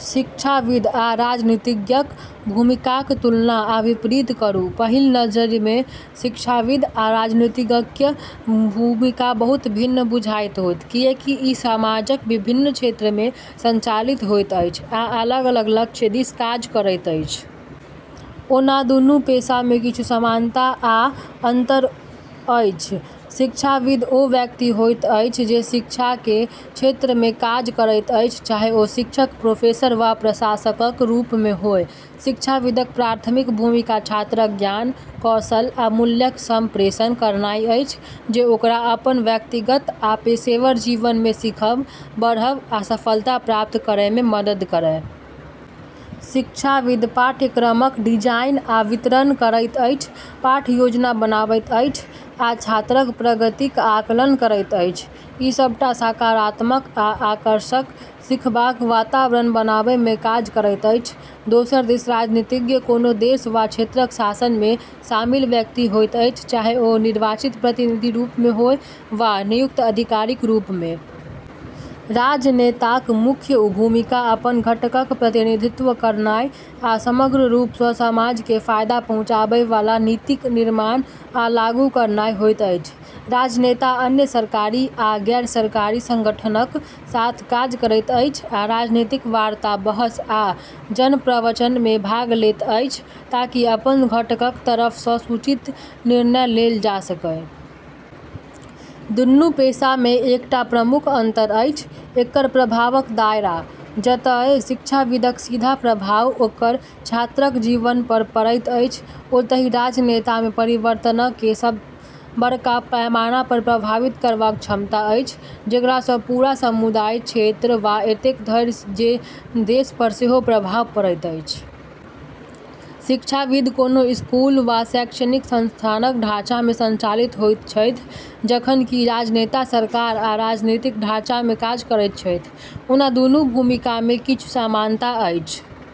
शिक्षाविद आ राजनीतिज्ञक भूमिकाक तुलना आ विपरीत करू। पहिल नजरिमे शिक्षाविद आ राजनीतिज्ञक भूमिका बहुत भिन्न बुझाइत होयत, किएकि ई समाजक विभिन्न क्षेत्रमे सञ्चालित होइत अछि आ अलग-अलग लक्ष्य दिस काज करैत अछि। ओना दूनू पेशामे किछु समानता आ अन्तर अछि। शिक्षाविद ओ व्यक्ति होइत अछि जे शिक्षाक क्षेत्रमे काज करैत अछि, चाहे ओ शिक्षक, प्रोफेसर वा प्रशासकक रूपमे होय। शिक्षाविदक प्राथमिक भूमिका छात्रक ज्ञान, कौशल आ मूल्यक सम्प्रेषण करनाइ अछि, जे ओकरा अपन व्यक्तिगत आ पेशेवर जीवनमे सिखब, बढ़ब आ सफलता प्राप्त करैमे मदद करय। शिक्षाविद पाठ्यक्रमक डिजाइन आ वितरण करैत अछि, पाठ योजना बनाबैत अछि, आ छात्रक प्रगतिक आकलन करैत अछि, ई सबटा सकारात्मक आ आकर्षक सिखबाक वातावरण बनाबैमे काज करैत अछि। दोसर दिस राजनीतिज्ञ कोनो देश वा क्षेत्रक शासनमे शामिल व्यक्ति होइत अछि, चाहे ओ निर्वाचित प्रतिनिधि रूपमे होय वा नियुक्त अधिकारीक रूपमे। राजनेताक मुख्य भूमिका अपन घटकक प्रतिनिधित्व करनाइ आ समग्र रूपसँ समाजकेँ फायदा पहुँचाबै वाला नीतिक निर्माण आ लागू करनाइ होइत अछि। राजनेता अन्य सरकारी आ गैर-सरकारी सङ्गठनक साथ काज करैत अछि आ राजनीतिक वार्ता, बहस आ जन-प्रवचनमे भाग लेत अछि, ताकि अपन घटकक तरफसँ सूचित निर्णय लेल जाय सकय। दूनू पेशामे एकटा प्रमुख अन्तर अछि एकर प्रभावक दायरा। जतय शिक्षाविदक सीधा प्रभाव ओकर छात्रक जीवनपर पड़ैत अछि, ओतही राजनेतामे परिवर्तनकेँ बड़का पैमानापर प्रभावित करबाक क्षमता अछि, जेकरासँ पूरा समुदाय, क्षेत्र, वा एतेक धरि जे देशपर सेहो प्रभाव पड़ैत अछि। शिक्षाविद कोनो स्कूल वा शैक्षणिक संस्थानक ढाँचामे सञ्चालित होइत छथि, जखन कि राजनेता सरकार आ राजनीतिक ढाँचामे काज करैत छथि। ओना दूनू भूमिकामे किछु समानता अछि।